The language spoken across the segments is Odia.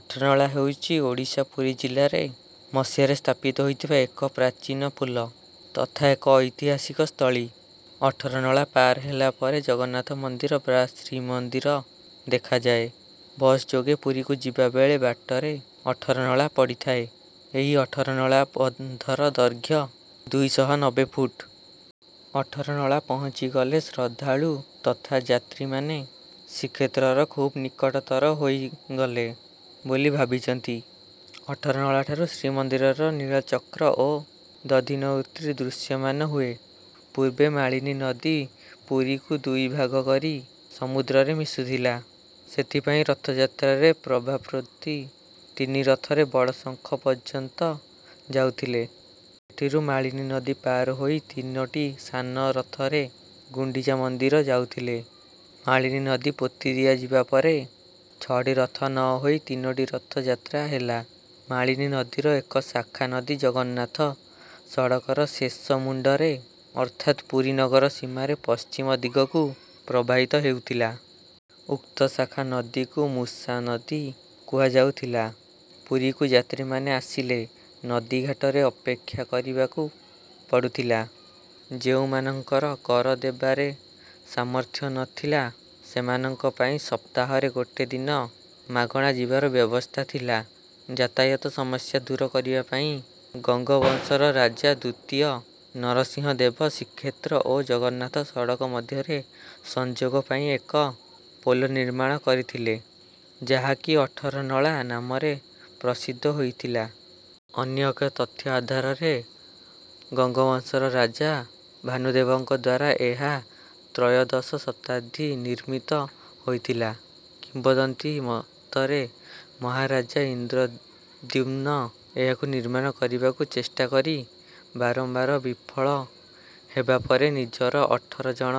ଅଠରନଳା ହେଉଛି ଓଡ଼ିଶା ପୁରୀ ଜିଲ୍ଲାରେ ମସିହାରେ ସ୍ଥାପିତ ହୋଇଥିବା ଏକ ପ୍ରାଚୀନ ପୋଲ ତଥା ଏକ ଐତିହାସିକ ସ୍ଥଳୀ। ଅଠରନଳା ପାର ହେଲା ପରେ ଜଗନ୍ନାଥ ମନ୍ଦିର ବା ଶ୍ରୀମନ୍ଦିର ଦେଖାଯାଏ। ବସ୍ ଯୋଗେ ପୁରୀକୁ ଯିବା ବେଳେ ବାଟରେ ଅଠରନଳା ପଡ଼ିଥାଏ। ଏହି ଅଠରନଳା ବନ୍ଧର ଦୈର୍ଘ୍ୟ ଦୁଇ ଶହ ନବେ ଫୁଟ। ଅଠରନଳା ପହଞ୍ଚିଗଲେ ଶ୍ରଦ୍ଧାଳୁ ତଥା ଯାତ୍ରୀମାନେ ଶ୍ରୀକ୍ଷେତ୍ରର ଖୁବ୍ ନିକଟତର ହୋଇଗଲେ ବୋଲି ଭାବିଥାନ୍ତି। ଅଠରନଳାଠାରୁ ଶ୍ରୀମନ୍ଦିରର ନୀଳଚକ୍ର ଓ ଦଧିନଉତି ଦୃଶ୍ୟମାନ ହୁଏ। ପୂର୍ବେ ମାଳିନୀ ନଦୀ ପୁରୀକୁ ଦୁଇ ଭାଗ କରି ସମୁଦ୍ରରେ ମିଶୁଥିଲା। ସେଥିପାଇଁ ରଥଯାତ୍ରାରେ ମହାପ୍ରଭୁ ତିନି ରଥରେ ବଡ଼ଶଙ୍ଖ ପର୍ଯ୍ୟନ୍ତ ଯାଉଥିଲେ। ସେଠାରୁ ମାଳିନୀ ନଦୀ ପାର ହୋଇ ତିନୋଟି ସାନ ରଥରେ ଗୁଣ୍ଡିଚା ମନ୍ଦିର ଯାଉଥିଲେ। ମାଳିନୀ ନଦୀ ପୋତି ଦିଆଯିବା ପରେ ଛଅଟି ରଥ ନ ହୋଇ ତିନୋଟି ରଥରେ ଯାତ୍ରା ହେଲା। ମାଳିନୀ ନଦୀର ଏକ ଶାଖା ନଦୀ ଜଗନ୍ନାଥ ସଡ଼କର ଶେଷ ମୁଣ୍ଡରେ ଅର୍ଥାତ୍ ପୁରୀ ନଗର ସୀମାରେ ପଶ୍ଚିମ ଦିଗକୁ ପ୍ରବାହିତ ହେଉଥିଲା। ଉକ୍ତ ଶାଖା ନଦୀକୁ ମୁଷା ନଦୀ କୁହାଯାଉଥିଲା। ପୁରୀକୁ ଯାତ୍ରୀମାନେ ଆସିଲେ ନଦୀଘାଟରେ ଅପେକ୍ଷା କରିବାକୁ ପଡ଼ୁଥିଲା। ଯେଉଁମାନଙ୍କର କର ଦେବାରେ ସାମର୍ଥ୍ୟ ନଥିଲା, ସେମାନଙ୍କ ପାଇଁ ସପ୍ତାହରେ ଗୋଟିଏ ଦିନ ମାଗଣା ଯିବାର ବ୍ୟବସ୍ଥା ଥିଲା। ଯାତାୟାତ ସମସ୍ୟା ଦୂର କରିବା ପାଇଁ ଗଙ୍ଗବଂଶର ରାଜା ଦ୍ୱିତୀୟ ନରସିଂହଦେବ ଶ୍ରୀକ୍ଷେତ୍ର ଓ ଜଗନ୍ନାଥ ସଡ଼କ ମଧ୍ୟରେ ସଂଯୋଗ ପାଇଁ ଏକ ପୋଲ ନିର୍ମାଣ କରିଥିଲେ, ଯାହାକି 'ଅଠରନଳା' ନାମରେ ପ୍ରସିଦ୍ଧ ହୋଇଥିଲା। ଅନ୍ୟ ଏକ ତଥ୍ୟ ଆଧାରରେ ଗଙ୍ଗବଂଶର ରାଜା ଭାନୁଦେବଙ୍କ ଦ୍ୱାରା ଏହା ତ୍ରୟୋଦଶ ଶତାବ୍ଦୀରେ ନିର୍ମିତ ହୋଇଥିଲା। କିମ୍ବଦନ୍ତୀ ମତରେ ମହାରାଜା ଇନ୍ଦ୍ରଦ୍ୟୁମ୍ନ ଏହାକୁ ନିର୍ମାଣ କରିବାକୁ ଚେଷ୍ଟା କରି ବାରମ୍ବାର ବିଫଳ ହେବା ପରେ ନିଜର ଅଠର ଜଣ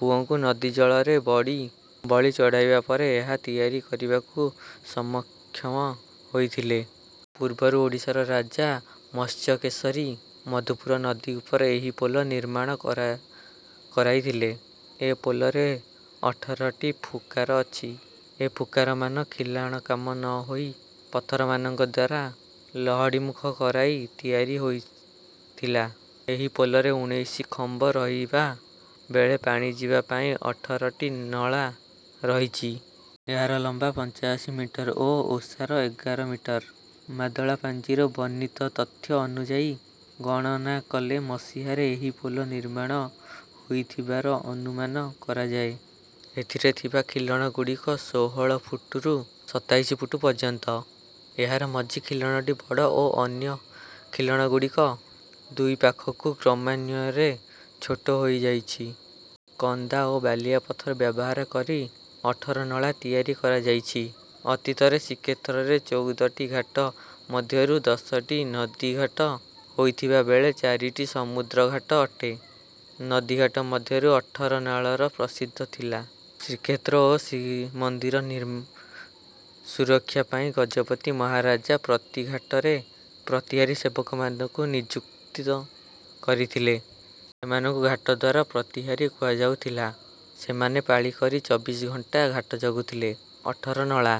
ପୁଅଙ୍କୁ ନଦୀ ଜଳରେ ବଳି ଚଢ଼ାଇବା ପରେ ଏହା ତିଆରି କରିବାକୁ ସକ୍ଷମ ହୋଇଥିଲେ। ପୂର୍ବରୁ ଓଡ଼ିଶାର ରାଜା ମତ୍ସ୍ୟକେଶରୀ ମଧୁପୁର ନଦୀ ଉପରେ ଏହି ପୋଲ ନିର୍ମାଣ କରାଇଥିଲେ। ଏ ପୋଲରେ ଅଠରଟି ଫୁକାର ଅଛି। ଏ ଫୁକାରମାନ ଖିଲାଣକାମ ନ ହୋଇ ପଥରମାନଙ୍କ ଦ୍ୱାରା ଲହଡ଼ିମୁଦ କରାଯାଇ ତିଆରି ହୋଇଥିଲା। ଏହି ପୋଲରେ ଉନେଇଶ ଖମ୍ବ ରହିଥିବା ବେଳେ ପାଣି ଯିବା ପାଇଁ ଅଠରଟି ନଳା ରହିଛି। ଏହାର ଲମ୍ବ ପାଞ୍ଚଅଶୀ ମିଟର ଓ ଓସାର ଏଗାର ମିଟର। ମାଦଳା ପାଞ୍ଜିରେ ବର୍ଣ୍ଣିତ ତଥ୍ୟ ଅନୁଯାୟୀ ଗଣନା କଲେ ମସିହାରେ ଏହି ପୋଲ ନିର୍ମାଣ ହୋଇଥିବାର ଅନୁମାନ କରାଯାଏ। ଏଥିରେ ଥିବା ଖିଲଣଗୁଡ଼ିକ ଷୋହଳ ଫୁଟରୁ ସତାଇଶ ଫୁଟ ପର୍ଯ୍ୟନ୍ତ। ଏହାର ମଝି ଖିଲଣଟି ବଡ଼ ଓ ଅନ୍ୟ ଖିଲଣଗୁଡ଼ିକ ଦୁଇପାଖକୁ କ୍ରମାନ୍ୱୟରେ ଛୋଟ ହୋଇଯାଇଛି। କନ୍ଦା ଓ ବାଲିଆ ପଥର ବ୍ୟବହାର କରି ଅଠରନଳା ତିଆରି କରାଯାଇଛି। ଅତୀତରେ ଶ୍ରୀକ୍ଷେତ୍ରରେ ଚଉଦଟି ଘାଟ ମଧ୍ୟରୁ ଦଶଟି ନଦୀଘାଟ ହୋଇଥିବା ବେଳେ ଚାରିଟି ସମୁଦ୍ରଘାଟ ଅଟେ। ନଦୀଘାଟ ମଧ୍ୟରୁ ଅଠରନଳାର ପ୍ରସିଦ୍ଧି ଥିଲା। ଶ୍ରୀକ୍ଷେତ୍ର ଓ ଶ୍ରୀମନ୍ଦିର ସୁରକ୍ଷା ପାଇଁ ଗଜପତି ମହାରାଜା ପ୍ରତି ଘାଟରେ ପ୍ରତିହାରୀ ସେବକମାନଙ୍କୁ ନିଯୁକ୍ତ କରିଥିଲେ। ସେମାନଙ୍କୁ ଘାଟଦ୍ୱାର ପ୍ରତିହାରୀ କୁହାଯାଉଥିଲା। ସେମାନେ ପାଳି କରି ଚବିଶ ଘଣ୍ଟା ଘାଟ ଜଗୁଥିଲେ। ଅଠରନଳା।